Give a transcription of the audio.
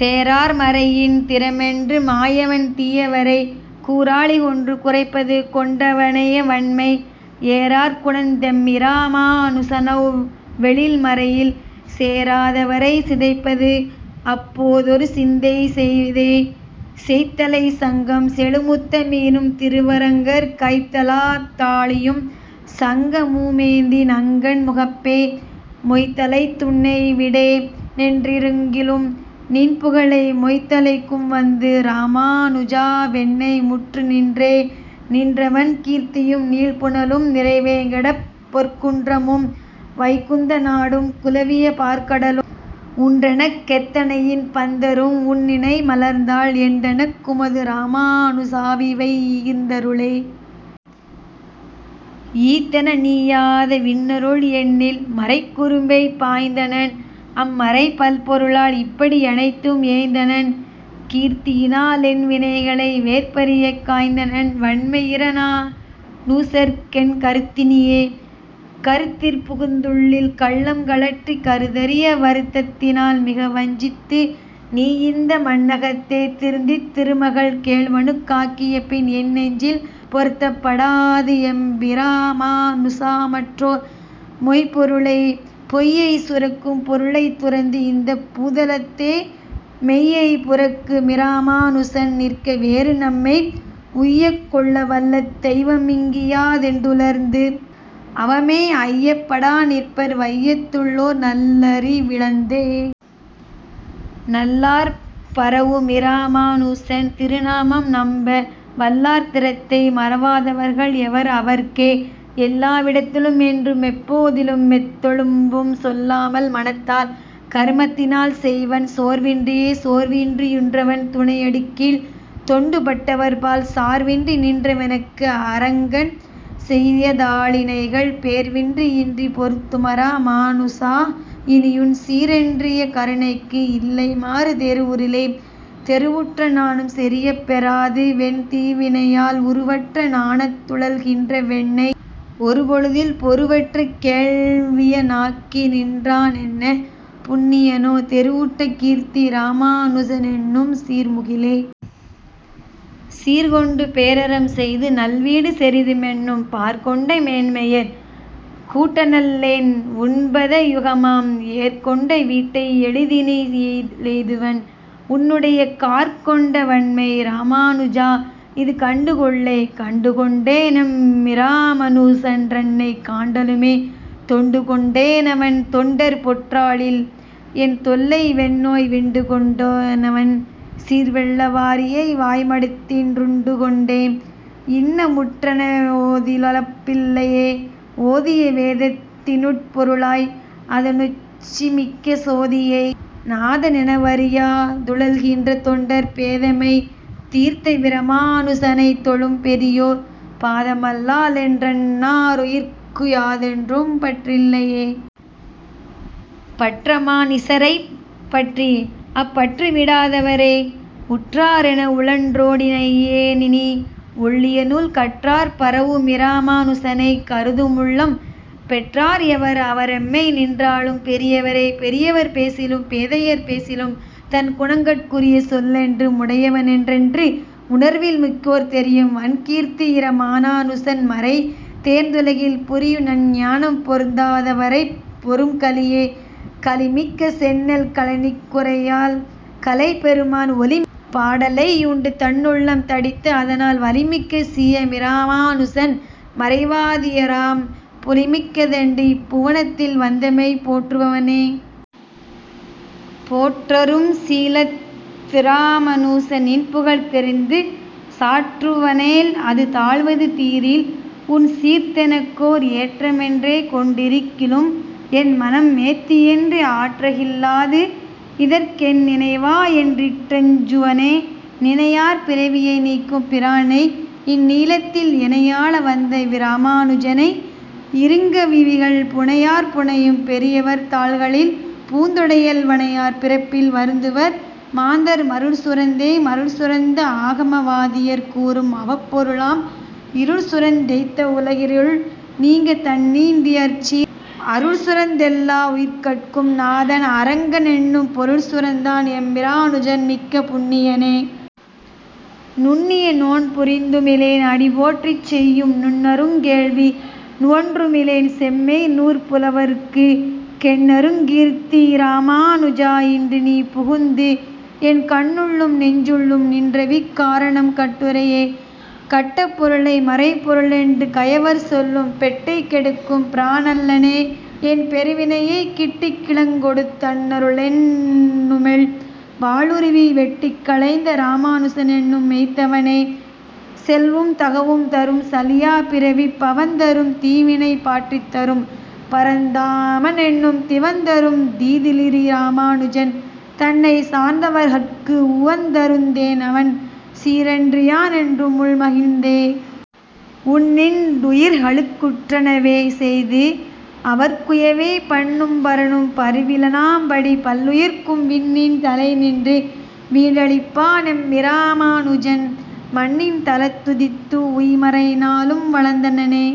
தேரார்மறையின் திறமென்று மாயவன் தீயவரைக் கூராழிகொண்டு குறைப்பது கொண்டலனையவண்மை ஏரார்குணத்தெம்மிராமாநுசனவ் வெழில்மறையில் சேராதவரைச்சிதைப்பது அப்போதொரு சிந்தை செய்தே. செய்த்தலைச்சங்கம் செழுமுத்தமீனும் திருவரங்கர் கைத்தலத்தாழியும் சங்கமுமேந்தி நங்கண் முகப்பே மொய்த்தலைத்துன்னைவிடேனென்றிருக்கிலும் நின்புகழே மொய்த்தலைக்கும் வந்து இராமாநுசாவென்னை முற்றுநின்றே. நின்றவண் கீர்த்தியும் நீள்புனலும் நிறைவேங்கடப்பொற் குன்றமும் வைகுந்தநாடும் குலவியபாற்கடலும் உன்றனக்கெத்தனையின் பந்தரும் உன்னிணைமலர்த்தாள் என்றனக்குமது இராமாநுசாவிவை யீந்தருளே.. ஈந்தனனீயாதவின்னருள் எண்ணில் மறைக்குறும்பைப் பாய்ந்தனன் அம்மறைப் பல்பொருளால் இப்படியனைத்தும் ஏய்ந்தனன் கீர்த்தியினாலென்வினைகளை வேர்பறியக் காய்ந்தனன் வண்மையிராமாநுசற்கென் கருத்தினியே.. கருத்திற் புகுந்துள்ளில் கள்ளம் கழற்றி கருதரிய வருத்தத்தினால் மிகவஞ்சித்து நீயிந்த மண்ணகத்தே திருத்தித்திருமகள் கேள்வனுக்காக்கியபின் என்னெஞ்சில் பொருத்தப்படாது எம்மிராமாநுசாமற்றோர் பொய்ப்பொருளே.. பொய்யைச் சுரக்கும் பொருளைத் துரந்து இந்தப்பூதலத்தே மெய்யைப்புரக்குமிராமாநுசன் நிற்க வேறு நம்மை உய்யக்கொள்ளவல்லதெய்வமிங்கியாதென்றுலர்ந்து அவமே ஐயப்படாநிற்பர் வையத்துள்ளோர் நல்லறிவிழந்தே.. நல்லார்பரவுமிராமாநுசன் திருநாமம் நம்ப வல்லார் திறத்தை மறவாதவர்கள் யவர் அவர்க்கே எல்லாவிடத்திலுமென்றுமெப்போதிலு மெத்தொழும்பும் சொல்லால் மனத்தால் கருமத்தினால் செய்வன் சோர்வின்றியே.. சோர்வின்றியுன்றன் துணையடிக்கீழ் தொண்டுப்பட்டவர்பால் சார்வின்றிநின்றவெனக்கு அரங்கன் செய்யதாளிணைகள் பேர்வின்றியின்றுபெறுத்துமிராமாநுசா இனியுன் சீரொன்றிய கருணைக்கு இல்லைமாறு தெரிவுறிலே.. தெரிவுற்றஞானம் செறியப்பெறாது வெந்தீவினையால் உருவற்ற ஞானத்துழல்கின்றவென்னை ஒருபொழுதில் பொருவற்ற கேள்வியனாக்கிநின்றானென்ன புண்ணியனோ தெரிவுற்ற கீர்த்தி இராமாநுசனென்னும் சீர்முகிலே.. சீர்கொண்டுபேரறம் செய்து நல்வீடுசெறிதுமென்னும் பார்கொண்டமேன்மையர் கூட்டனல்லேன் உன்பதயுகமாம் ஏர்கொண்டவீட்டையெளிதினிலெய்துவன் உன்னுடைய கார்கொண்டவண்மை இராமாநுசா! இதுகண்டு கொள்ளே.. கண்டுகொண்டேனெம்மிராமாநுசன் றன்னை காண்டலுமே தொண்டு கொண்டேனவன் தொண்டர்பொற்றாளில் என் தொல்லை வெந்நோய் விண்டுகொண்டேனவன் சீர்வெள்ளவாரியை வாய்மடுத்தின் றுண்டுகொண்டேன் இன்னமுற்றனவோதிலுலப்பில்லையே.. ஓதியவேதத்தினுட்பொருளாய் அதனுச்சிமிக்க சோதியை நாதனெனவறியா துழல்கின்ற தொண்டர் பேதைமை தீர்த்தவிராமாநுசனைத் தொழும் பெரியோர் பாதமல்லாலென்றன்னாருயிர்க்கு யாதொன்றும் பற்றில்லையே.. பற்றாமனிசரைப்பற்றி அப்பற்றுவிடாதவரே உற்றாரெனவுழன்றோடிநையேனினி ஒள்ளிய நூல் கற்றார்பரவுமிராமாநுசனைக் கருதுமுள்ளம் பெற்றார்யவர் அவரெம்மைநின்றாளும் பெரியவரே.. பெரியவர் பேசிலும் பேதையர்பேசிலும் தன்குணங்கட் குரிய சொல்லென்று முடையவனென்றென்று உணர்வில் மிக்கோர் தெரியும் வண்கீர்த்தியிராமாநுசன்மறை தேர்ந்துலகில் புரியுநன் ஞானம் பொருந்தாதவரைப் பொரும்கலியே.. கலிமிக்க செந்நெல் கழனிக்குறையல் கலைப்பெருமான் ஒலிமிக்க பாடலையுண்டு தன்னுள்ளம் தடித்து அதனால் வலிமிக்க சீயமிராமாநுசன் மறைவாதியராம் புலிமிக்கதென்று இப்புவனத்தில் வந்தமை போற்றுவனே.. போற்றரும் சீலத்திராமாநுச நின்புகழ் தெரிந்து சாற்றுவனேல் அதுதாழ்வது தீரில் உன் சீர்தனக்கோர் ஏற்றமென்றே கொண்டிருக்கிலும் என்மனமேத்தியன்றி ஆற்றகில்லாது இதற்கென்னினைவாயென்றிட்டஞ்சுவனே.. நினையார் பிறவியை நீக்கும் பிரானை இந்நீணிலத்தில் எனையாள வந்தவிராமா னுசனை இருங்கவிகள் புனையார் புனையும் பெரியவர்தாள்களில் பூந்தொடையல் வனையார் பிறப்பில் வருந்துவர் மாந்தர் மருள்சுரந்தே.. மருள் சுரந்து ஆகமவாதியர் கூறும் அவப்பொருளாம் இருள்சுரந்தெய்த்தவுலகிருள் நீங்க தன்னீண்டியசீர் அருள்சுரந்தெல்லாவுயிர்கட்கும் நாதன் அரங்கனென்னும் பொருள் சுரந்தான் எம்மிராமாநுசன் மிக்க புண்ணியனே.. புண்ணிய நோன்புபுரிந்துமிலேன் அடி போற்றி செய்யும் நுண்ணருங்கேள்வி நுவன்றுமிலேன் செம்மை நூற்புலவர்க் கெண்ணருங்கீர்த்தியிராமாநுசா இன்று நீ புகுந்து என் கண்ணுள்ளும் நெஞ்சுள்ளும் நின்றவிக்காரணம் கட்டுரையே.. கட்டப்பொருளை மறைப்பொருளென்று கயவர் சொல்லும் பெட்டைக்கெடுக்கும் பிரானல்லனே என்பெருவினையைக் கிட்டிக்கிழங்கொடுதன்னருளென்னுமொள் வாளுருவி வெட்டிக்களைந்த இராமாநுசனென்னும் மெய்த்தவனே.. தவந்தரும் செல்வும் தகவும் தரும் சலியாப்பிறவிப் பவந்தரும் தீவினைபாற்றித்தரும் பரந்தாமமென்னும் திவந்தரும் தீதிலிராமாநுசன் தன்னைச் சார்ந்தவர்கட்கு உவந்தருந்தேன் அவன் சீரன்றியானென்று முள் மகிழ்ந்தே.. உண்ணின்றுயிர்களுக்குற்றனவே செய்து அவர்க்குயவே பண்ணும்பரனும்பரிவிலனாம்படி பல்லுயிர்க்கும் விண்ணின் தலைநின்று வீடளிப்பானெம்மிராமா னுசன் மண்ணின் தலத்துதித்து உய்மறைநாலும் வளர்த்தனனே..